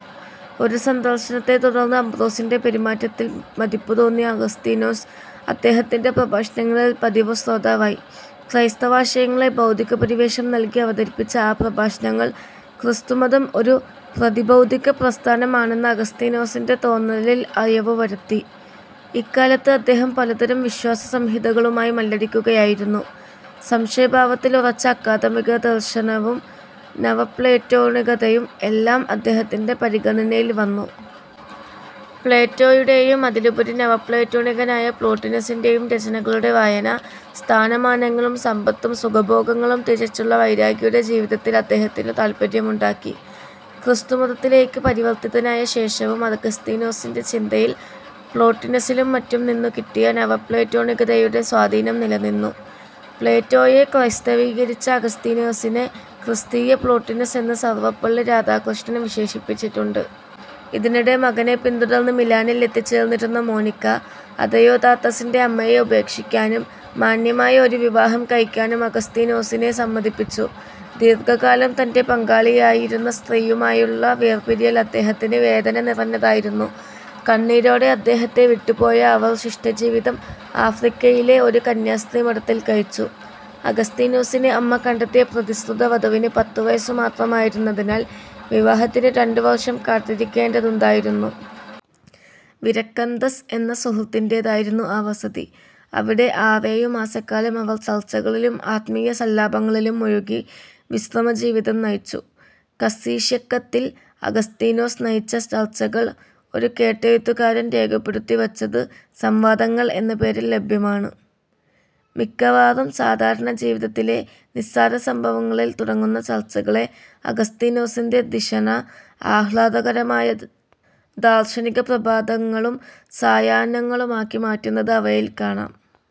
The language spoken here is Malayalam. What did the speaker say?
ഒരു സന്ദർശനത്തെ തുടർന്ന് അംബ്രോസിന്റെ പെരുമാറ്റത്തിൽ മതിപ്പു തോന്നിയ അഗസ്തീനോസ് അദ്ദേഹത്തിന്റെ പ്രഭാഷണങ്ങളിൽ പതിവുശ്രോതാവായി. ക്രൈസ്തവാശയങ്ങളെ ബൗദ്ധിക പരിവേഷം നൽകി അവതരിപ്പിച്ച ആ പ്രഭാഷണങ്ങൾ ക്രിസ്തുമതം ഒരു പ്രതിബൗദ്ധികപ്രസ്ഥാനം ആണെന്ന അഗസ്തീനോസിന്റെ തോന്നലിൽ അയവു വരുത്തി. ഇക്കാലത്ത് അദ്ദേഹം പലതരം വിശ്വാസസംഹിതകളുമായി മല്ലടിക്കുകയായിരുന്നു. സംശയഭാവത്തിലുറച്ച അക്കാദമികദർശനവും നവപ്ലേറ്റോണികതയും എല്ലാം അദ്ദേഹത്തിന്റെ പരിഗണനയിൽ വന്നു. പ്ലേറ്റോയുടേയും അതിലുപരി നവപ്ലേറ്റോണികനായ പ്ലോട്ടിനസിന്റേയും രചനകളുടെ വായന, സ്ഥാനമാനങ്ങളും സമ്പത്തും സുഖഭോഗങ്ങളും ത്യജിച്ചുള്ള വൈരാഗിയുടെ ജീവിതത്തിൽ അദ്ദേഹത്തിനു താത്പര്യമുണ്ടാക്കി. ക്രിസ്തുമതത്തിലേയ്ക്ക് പരിവർത്തിതനായ ശേഷവും അഗസ്തീനോസിന്റെ ചിന്തയിൽ പ്ലോട്ടിനസിലും മറ്റും നിന്നു കിട്ടിയ നവപ്ലേറ്റോണികതയുടെ സ്വാധീനം നിലനിന്നു. പ്ലേറ്റോയെ ക്രൈസ്തവീകരിച്ച അഗസ്തീനൊസിനെ ക്രിസ്തീയ പ്ലോട്ടിനസ് എന്ന് സർവപ്പള്ളി രാധാകൃഷ്ണൻ വിശേഷിപ്പിച്ചിട്ടുണ്ട്. ഇതിനിടെ മകനെ പിന്തുടർന്ന് മിലാനിൽ എത്തിച്ചേർന്നിരുന്ന മോനിക്ക, അദയോദാത്തസിന്റെ അമ്മയെ ഉപേക്ഷിക്കാനും 'മാന്യമായ' ഒരു വിവാഹം കഴിക്കാനും അഗസ്തീനോസിനെ സമ്മതിപ്പിച്ചു. ദീർഘകാലം തന്റെ പങ്കാളിയായിരുന്ന സ്ത്രീയുമായുള്ള വേർപിരിയൽ അദ്ദേഹത്തിന് വേദനനിറഞ്ഞതായിരുന്നു. കണ്ണീരോടെ അദ്ദേഹത്തെ വിട്ടുപോയ അവർ ശിഷ്ടജീവിതം ആഫ്രിക്കയിലെ ഒരു കന്യാസ്ത്രിമഠത്തിൽ കഴിച്ചു. അഗസ്തീനോസിന് അമ്മ കണ്ടെത്തിയ പ്രതിശ്രുതവധുവിന് പത്തു വയസ്സു മാത്രമായിരുന്നതിനാൽ വിവാഹത്തിന് രണ്ടു വർഷം കാത്തിരിക്കേണ്ടതുണ്ടായിരുന്നു. വിരക്കന്ദസ് എന്ന സുഹൃത്തിന്റേതായിരുന്നു ആ വസതി. അവിടെ ആറേഴു മാസക്കാലം അവർ ചർച്ചകളിലും ആത്മീയസല്ലാപങ്ങളിലും മുഴുകി വിശ്രമജീവിതം നയിച്ചു. കസ്സീഷ്യക്കത്തിൽ അഗസ്തീനോസ് നയിച്ച ചർച്ചകൾ ഒരു കേട്ടെഴുത്തുകാരൻ രേഖപ്പെടുത്തി വച്ചത് സംവാദങ്ങൾ എന്ന പേരിൽ ലഭ്യമാണ്. മിക്കവാറും, സാധാരണജീവിതത്തിലെ നിസ്സാരസംഭവങ്ങളിൽ തുടങ്ങുന്ന ചർച്ചകളെ അഗസ്തീനോസിന്റെ ധിഷണ, ആഹ്ലാദകരമായ ദാർശനികപ്രാഭാതങ്ങളും സായഹ്നങ്ങളുമാക്കി മാറ്റുന്നത് അവയിൽ കാണാം.